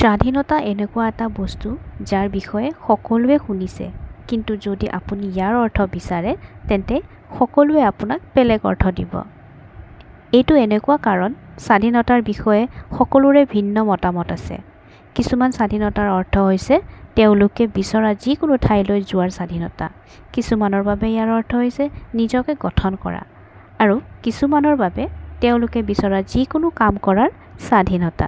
স্বাধীনতা এনেকুৱা এটা বস্তু যাৰ বিষয়ে সকলোৱে শুনিছে কিন্তু যদি আপুনি ইয়াৰ অৰ্থ বিচাৰে তেন্তে সকলোৱে আপোনাক বেলেগ অৰ্থ দিব। এইটো এনেকুৱা কাৰণ স্বাধীনতাৰ বিষয়ে সকলোৰে ভিন্ন মতামত আছে। কিছুমান স্বাধীনতাৰ অৰ্থ হৈছে তেওঁলোকে বিচৰা যিকোনো ঠাইলৈ যোৱাৰ স্বাধীনতা, কিছুমানৰ বাবে ইয়াৰ অৰ্থ হৈছে নিজকে গঠন কৰা, আৰু কিছুমানৰ বাবে, তেওঁলোকে বিচৰা যিকোনো কাম কৰাৰ স্বাধীনতা।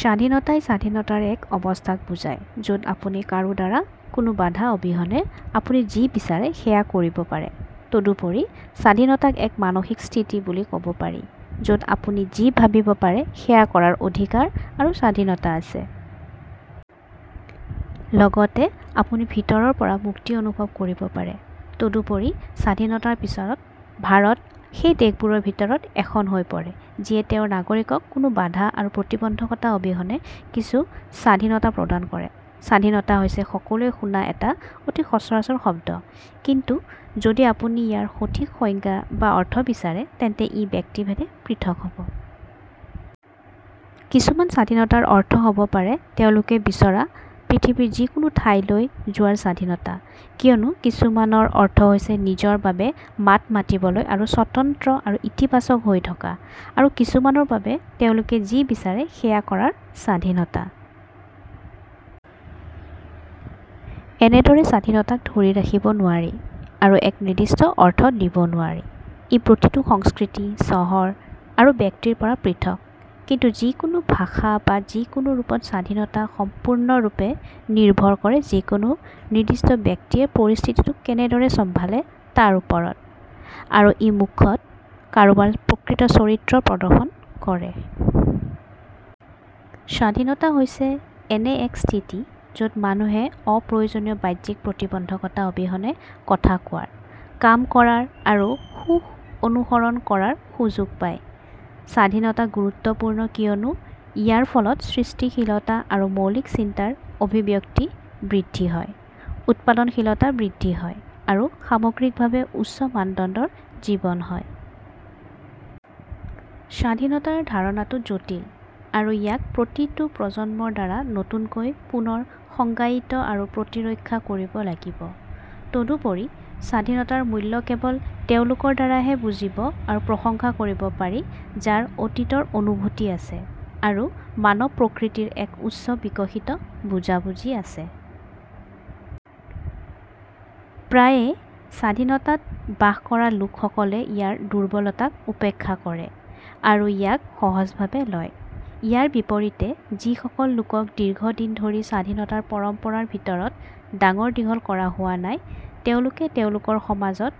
স্বাধীনতাই স্বাধীনতাৰ এক অৱস্থাক বুজায় য'ত আপুনি কাৰো দ্বাৰা কোনো বাধা অবিহনে আপুনি যি বিচাৰে সেয়া কৰিব পাৰে। তদুপৰি, স্বাধীনতাক এক মানসিক স্থিতি বুলি ক'ব পাৰি য'ত আপুনি যি ভাবিব পাৰে সেয়া কৰাৰ অধিকাৰ আৰু স্বাধীনতা আছে। লগতে, আপুনি ভিতৰৰ পৰা মুক্তি অনুভৱ কৰিব পাৰে। তদুপৰি, স্বাধীনতাৰ পিছত ভাৰত সেই দেশবোৰৰ ভিতৰত এখন হৈ পৰে যিয়ে তেওঁৰ নাগৰিকক কোনো বাধা আৰু প্ৰতিবন্ধকতা অবিহনে কিছু স্বাধীনতা প্ৰদান কৰে। স্বাধীনতা হৈছে সকলোৱে শুনা এটা অতি সচৰাচৰ শব্দ কিন্তু যদি আপুনি ইয়াৰ সঠিক সংজ্ঞা বা অৰ্থ বিচাৰে তেন্তে ই ব্যক্তি ভেদে পৃথক হ'ব। কিছুমান স্বাধীনতাৰ অৰ্থ হ'ব পাৰে তেওঁলোকে বিচৰা পৃথিৱীৰ যিকোনো ঠাইলৈ যোৱাৰ স্বাধীনতা, কিয়নো কিছুমানৰ অৰ্থ হৈছে নিজৰ বাবে মাত মাতিবলৈ আৰু স্বতন্ত্ৰ আৰু ইতিবাচক হৈ থকা, আৰু কিছুমানৰ বাবে, তেওঁলোকে যি বিচাৰে সেয়া কৰাৰ স্বাধীনতা। এনেদৰে স্বাধীনতাক ধৰি ৰাখিব নোৱাৰি আৰু এক নিৰ্দিষ্ট অৰ্থ দিব নোৱাৰি। ই প্ৰতিটো সংস্কৃতি, চহৰ আৰু ব্যক্তিৰ পৰা পৃথক। কিন্তু যিকোনো ভাষা বা যিকোনো ৰূপত স্বাধীনতা সম্পূৰ্ণৰূপে নিৰ্ভৰ কৰে যিকোনো নিৰ্দিষ্ট ব্যক্তিয়ে পৰিস্থিতিটো কেনেদৰে চম্ভালে তাৰ ওপৰত আৰু ই মুখ্যতঃ কাৰোবাৰ প্ৰকৃত চৰিত্ৰ প্ৰদৰ্শন কৰে। স্বাধীনতা হৈছে এনে এক স্থিতি য'ত মানুহে অপ্ৰয়োজনীয় বাহ্যিক প্ৰতিবন্ধকতা অবিহনে কথা কোৱাৰ, কাম কৰাৰ আৰু সুখ অনুসৰণ কৰাৰ সুযোগ পায়। স্বাধীনতা গুৰুত্বপূৰ্ণ কিয়নো ইয়াৰ ফলত সৃষ্টিশীলতা আৰু মৌলিক চিন্তাৰ অভিব্যক্তি বৃদ্ধি হয়, উৎপাদনশীলতা বৃদ্ধি হয়, আৰু সামগ্ৰিকভাৱে উচ্চ মানদণ্ডৰ জীৱন হয়। স্বাধীনতাৰ ধাৰণাটো জটিল, আৰু ইয়াক প্ৰতিটো প্ৰজন্মৰ দ্বাৰা নতুনকৈ পুনৰ সংজ্ঞায়িত আৰু প্ৰতিৰক্ষা কৰিব লাগিব। তদুপৰি, স্বাধীনতাৰ মূল্য কেৱল তেওঁলোকৰ দ্বাৰাহে বুজিব আৰু প্ৰশংসা কৰিব পাৰি যাৰ অতীতৰ অনুভূতি আছে আৰু মানৱ প্ৰকৃতিৰ এক উচ্চ বিকশিত বুজাবুজি আছে। প্ৰায়ে, স্বাধীনতাত বাস কৰা লোকসকলে ইয়াৰ দুৰ্বলতাক উপেক্ষা কৰে আৰু ইয়াক সহজ ভাৱে লয়। ইয়াৰ বিপৰীতে, যিসকল লোকক দীৰ্ঘদিনধৰি স্বাধীনতাৰ পৰম্পৰাৰ ভিতৰত ডাঙৰ-দীঘল কৰা হোৱা নাই, তেওঁলোকে তেওঁলোকৰ সমাজত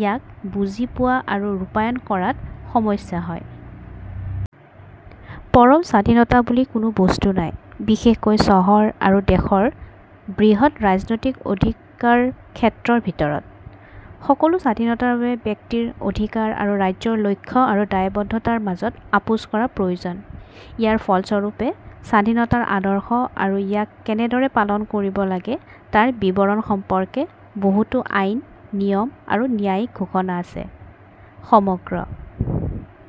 ইয়াক বুজিপোৱা আৰু ৰূপায়ণ কৰাত সমস্যা হয়। পৰম স্বাধীনতা বুলি কোনো বস্তু নাই, বিশেষকৈ চহৰ আৰু দেশৰ দৰে বৃহৎ ৰাজনৈতিক অধিকাৰক্ষেত্ৰৰ ভিতৰত। সকলো স্বাধীনতাৰ বাবে ব্যক্তিৰ অধিকাৰ আৰু ৰাজ্যৰ লক্ষ্য আৰু দায়বদ্ধতাৰ মাজত আপোচ কৰা প্ৰয়োজন। ইয়াৰ ফলস্বৰূপে, স্বাধীনতাৰ আদৰ্শ আৰু ইয়াক কেনেদৰে পালন কৰিব লাগে তাৰ বিৱৰণ সম্পৰ্কে বহুতো আইন, নিয়ম আৰু ন্যায়িক ঘোষণা আছে। সমগ্ৰ